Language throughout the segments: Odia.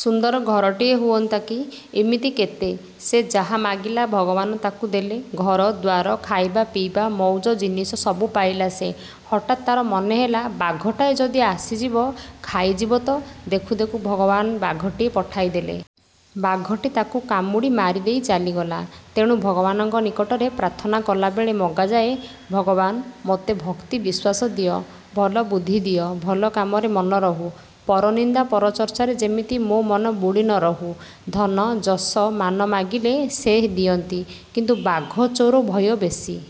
ସୁନ୍ଦର ଘରଟିଏ ହୁଅନ୍ତା କି? ' ଇମିତି କେତେ? ସେ ଯାହା ମାଗିଲା, ଭଗବାନ ତାକୁ ଦେଲେ। ଘରଦ୍ୱାର, ଖାଇବା-ପିଇବା, ମଉଜ-ଜିନିଷ ସବୁ ପାଇଲା ସେ। ହଠାତ୍ ତାର ମନେ ହେଲା, 'ବାଘଟାଏ ଯଦି ଆସିଯିବ, ଖାଇ ଯିବତ। ' ଦେଖୁ ଦେଖୁ ଭଗବାନ ବାଘଟିଏ ପଠାଇ ଦେଲେ। ବାଘଟି ତାକୁ କାମୁଡ଼ି ମାରି ଦେଇ ଚାଲିଗଲା। ତେଣୁ ଭଗବାନଙ୍କ ନିକଟରେ ପ୍ରାର୍ଥନା କଲାବେଳେ ମଗାଯାଏ, ଭଗବାନ! ମୋତେ ଭକ୍ତି, ବିଶ୍ୱାସ ଦିଅ। ଭଲ ବୁଦ୍ଧି ଦିଅ, ଭଲ କାମରେ ମନ ରହୁ। ପରନିନ୍ଦା ପରଚର୍ଚ୍ଚାରେ ଯେମିତି ମୋ ମନ ବୁଡ଼ି ନ ରହୁ। ଧନ, ଯଶ, ମାନ ମାଗିଲେ ସେ ଦିଅନ୍ତି; କିନ୍ତୁ ବାଘ, ଚୋର ଭୟ ବେଶୀ-।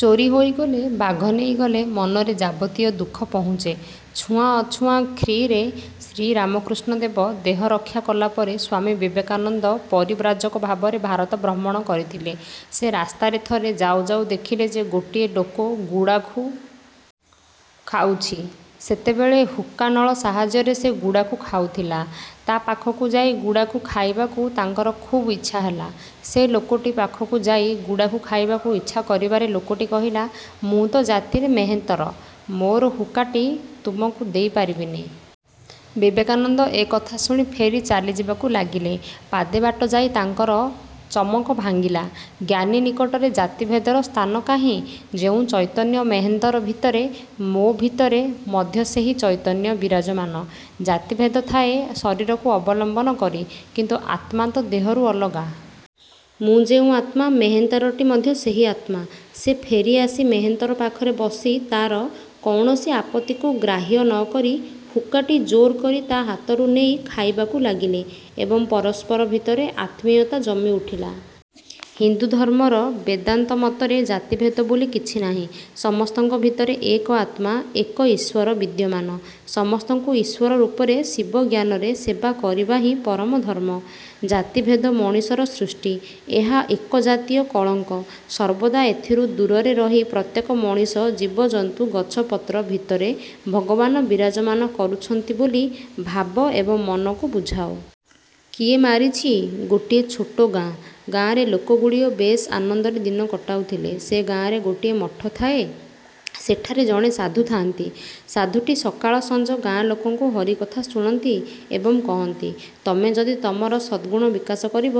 ଚୋରି ହୋଇଗଲେ, ବାଘ ନେଇଗଲେ ମନରେ ଯାବତୀୟ ଦୁଃଖ ପହୁଞ୍ଚେ। ଛୁଆଁ ଅଛୁଆଁ ଖ୍ରୀ: ରେ ଶ୍ରୀରାମକୃଷ୍ଣ ଦେବ ଦେହରକ୍ଷା କଲାପରେ ସ୍ୱାମୀ ବିବେକାନନ୍ଦ ପରିବ୍ରାଜକ ଭାବରେ ଭାରତ ଭ୍ରମଣ କରିଥିଲେ। ସେ ରାସ୍ତାରେ ଥରେ ଯାଉଁ ଯାଉଁ ଦେଖିଲେ ଯେ ଗୋଟିଏ ଲୋକ ଗୁଡ଼ାଖୁ। ଖାଉଛି। ସେତେବେଳେ ହୁକା ନଳ ସାହାଯ୍ୟରେ ସେ ଗୁଡ଼ାଖୁ ଖାଉଥିଲେ। ତା' ପାଖକୁ ଯାଇ ଗୁଡ଼ାଖୁ ଖାଇବାକୁ ତାଙ୍କର ଖୁବ୍ ଇଚ୍ଛା ହେଲା। ସେ ଲୋକଟି ପାଖକୁ ଯାଇ ଗୁଡ଼ାଖୁ ଖାଇବାକୁ ଇଚ୍ଛା କରିବାରେ ଲୋକଟି କହିଲା, ''ମୁଁ ତ ଜାତିରେ ମେହେନ୍ତର-। ମୋର ହୁକାଟି ତମକୁ ଦେଇ ପାରିବିନି। '' ବିବେକାନନ୍ଦ ଏ କଥା ଶୁଣି ଫେରି ଚାଲିଯିବାକୁ ଲାଗିଲେ। ପାଦେ ବାଟ ଯାଇ ତାଙ୍କର ଚମକ ଭାଙ୍ଗିଲା—''ଜ୍ଞାନୀ ନିକଟରେ ଜାତିଭେଦର ସ୍ଥାନ କାହିଁ? ଯେଉଁ ଚୈତନ୍ୟ ମେହେନ୍ତର ଭିତରେ, ମୋ ଭିତରେ ମଧ୍ୟ ସେହି ଚୈତନ୍ୟ ବିରାଜମାନ। ଜାତିଭେଦ ଥାଏ ଶରୀରକୁ ଅବଲମ୍ୱନ କରି, କିନ୍ତୁ ଆତ୍ମା ତ ଦେହରୁ ଅଲଗା। ମୁଁ ଯେଉଁ ଅତ୍ମା, ମେହେନ୍ତରଟି ମଧ୍ୟ ସେହି ଅତ୍ମା। '' ସେ ଫେରିଆସି, ମେହେନ୍ତର ପାଖରେ ବସି ତାର, କୌଣସି ଆପତ୍ତିକୁ ଗ୍ରାହ୍ୟ ନ କରି, ହୁକାଟି ଜୋର କରି ତା' ହାତରୁ ନେଇ ଖାଇବାକୁ ଲାଗିଲେ ଏବଂ ପରସ୍ପର ଭିତରେ ଆତ୍ମୀୟତା ଜମି ଉଠିଲା। ହିନ୍ଦୁଧର୍ମର ବେଦାନ୍ତ ମତରେ ଜାତିଭେଦ ବୋଲି କିଛି ନାହିଁ। ସମସ୍ତଙ୍କ ଭିତରେ ଏକ ଆତ୍ମା-ଏକ ଈଶ୍ୱର ବିଦ୍ୟମାନ। ସମସ୍ତଙ୍କୁ ଈଶ୍ୱର ରୂପରେ ଶିବଜ୍ଞାନରେ ସେବା କରିବାହିଁ ପରମ ଧର୍ମ। ଜାତିଭେଦ ମଣିଷର ସୃଷ୍ଟି। ଏହା ଏକଜାତୀୟ କଳଙ୍କ। ସର୍ବଦା ଏଥିରୁ ଦୂରରେ ରହି ପ୍ରତ୍ୟେକ ମଣିଷ, ଜୀବଜନ୍ତୁ, ଗଛପତ୍ର ଭିତରେ ଭଗବାନ ବିରାଜମାନ କରୁଅଛନ୍ତି ବୋଲି ଭାବ ଏବଂ ମନକୁ ବୁଝାଅ। କିଏ ମାରିଛି? ଗୋଟିଏ ଛୋଟ ଗାଁ। ଗାଁରେ ଲୋକଗୁଡ଼ିକ ବେଶ୍ ଆନନ୍ଦରେ ଦିନ କଟାଉଥିଲେ। ସେ ଗାଁରେ ଗୋଟିଏ ମଠ ଥାଏ। ସେଠାରେ ଜଣେ ସାଧୁ ଥା'ନ୍ତି। ସାଧୁଟି ସକାଳ ସଞ୍ଜ ଗାଁ ଲୋକଙ୍କୁ ହରିକଥା ଶୁଣାନ୍ତି ଏବଂ କହନ୍ତି, ''ତମେ ଯଦି ତମର ସଦ୍ଗୁଣ ବିକାଶ କରିବ,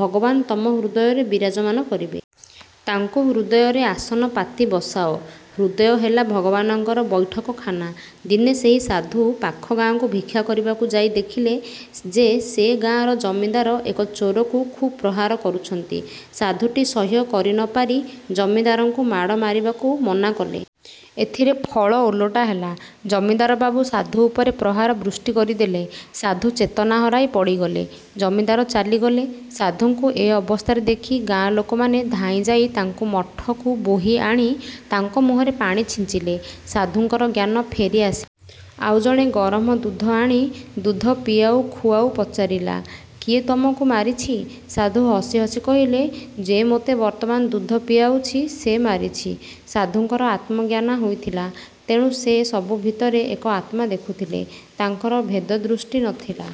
ଭଗବାନ ତମ ହୃଦୟରେ ବିରାଜମାନ କରିବେ। ତାଙ୍କୁ ହୃଦୟରେ ଆସନ ପାତି ବସାଅ। ହୃଦୟ ହେଲା ଭଗବାନଙ୍କର ବୈଠକଖାନା। '' ଦିନେ ସେହି ସାଧୁ ପାଖ ଗାଁକୁ ଭିକ୍ଷା କରିବାକୁ ଯାଇ ଦେଖିଲେ ଯେ ସେ ଗାଁର ଜମିଦାର ଏକ ଚୋରକୁ ଖୁବ୍ ପ୍ରହାର କରୁଛନ୍ତି। ସାଧୁଟି ସହ୍ୟ କରି ନ ପାରି ଜମିଦାରଙ୍କୁ ମାଡ଼ ମାରିବାକୁ ମନା କଲେ। ଏଥିରେ ଫଳ ଓଲଟା ହେଲା। ଜମିଦାରବାବୁ ସାଧୁ ଉପରେ ପ୍ରହାର ବୃଷ୍ଟି କରିଦେଲେ। ସାଧୁ ଚେତନା ହରାଇ ପଡ଼ିଗଲେ। ଜମିଦାର ଚାଲିଗଲେ। ସାଧୁଙ୍କୁ ଏ ଅବସ୍ଥାରେ ଦେଖି ଗାଁ ଲୋକମାନେ ଧାଇଁ ଯାଇ ତାଙ୍କୁ ମଠକୁ ବୋହିଆଣି ତାଙ୍କ ମୁହଁରେ ପାଣି ଛିଞ୍ଚିଲେ। ସାଧୁଙ୍କର ଜ୍ଞାନ ଫେରି ଆସିଲା। ଆଉ ଜଣେ ଗରମ ଦୁଧ ଆଣି ଦୁଧ ପିଆଉ ଖୁଆଉ ପଚାରିଲା—''କିଏ ତମକୁ ମାରିଛି? '' ସାଧୁ ହସି ହସି କହିଲେ— ''ଯେ ମୋତେ ବର୍ତ୍ତମାନ ଦୁଧ ପିଆଉଛି, ସେ ମାରିଛି। '' ସାଧୁଙ୍କର ଆତ୍ମାଜ୍ଞାନ ହୋଇଥିଲା; ତେଣୁ ସେ ସବୁ ଭିତରେ ଏକ ଆତ୍ମା ଦେଖୁଥିଲେ–ତାଙ୍କର ଭେଦଦୃଷ୍ଟି ନ ଥିଲା।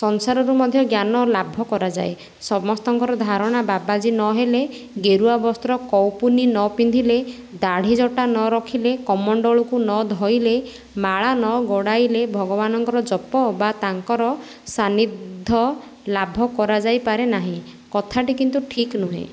ସଂସାରରୁ ମଧ୍ୟ ଜ୍ଞାନ ଲାଭ କରାଯାଏ– ସମସ୍ତଙ୍କର ଧାରଣା ବାବାଜୀ ନ ହେଲେ, ଗେରୁଆ ବସ୍ତ୍ର କୌପୁନୀ ନ ପିନ୍ଧିଲେ, ଦାଢ଼ି-ଜଟା ନ ରଖିଲେ, କମଣ୍ତଳୁ ନ ଧଇଲେ, ମାଳା ନ ଗଡ଼ାଇଲେ ଭଗବାନଙ୍କ ଜପ ବା ତାଙ୍କ ସାନ୍ନିଧ୍ୟ ଲାଭ କରାଯାଇ ପାରେ ନାହିଁ। କଥାଟି କିନ୍ତୁ ଠିକ୍ ନୁହେଁ।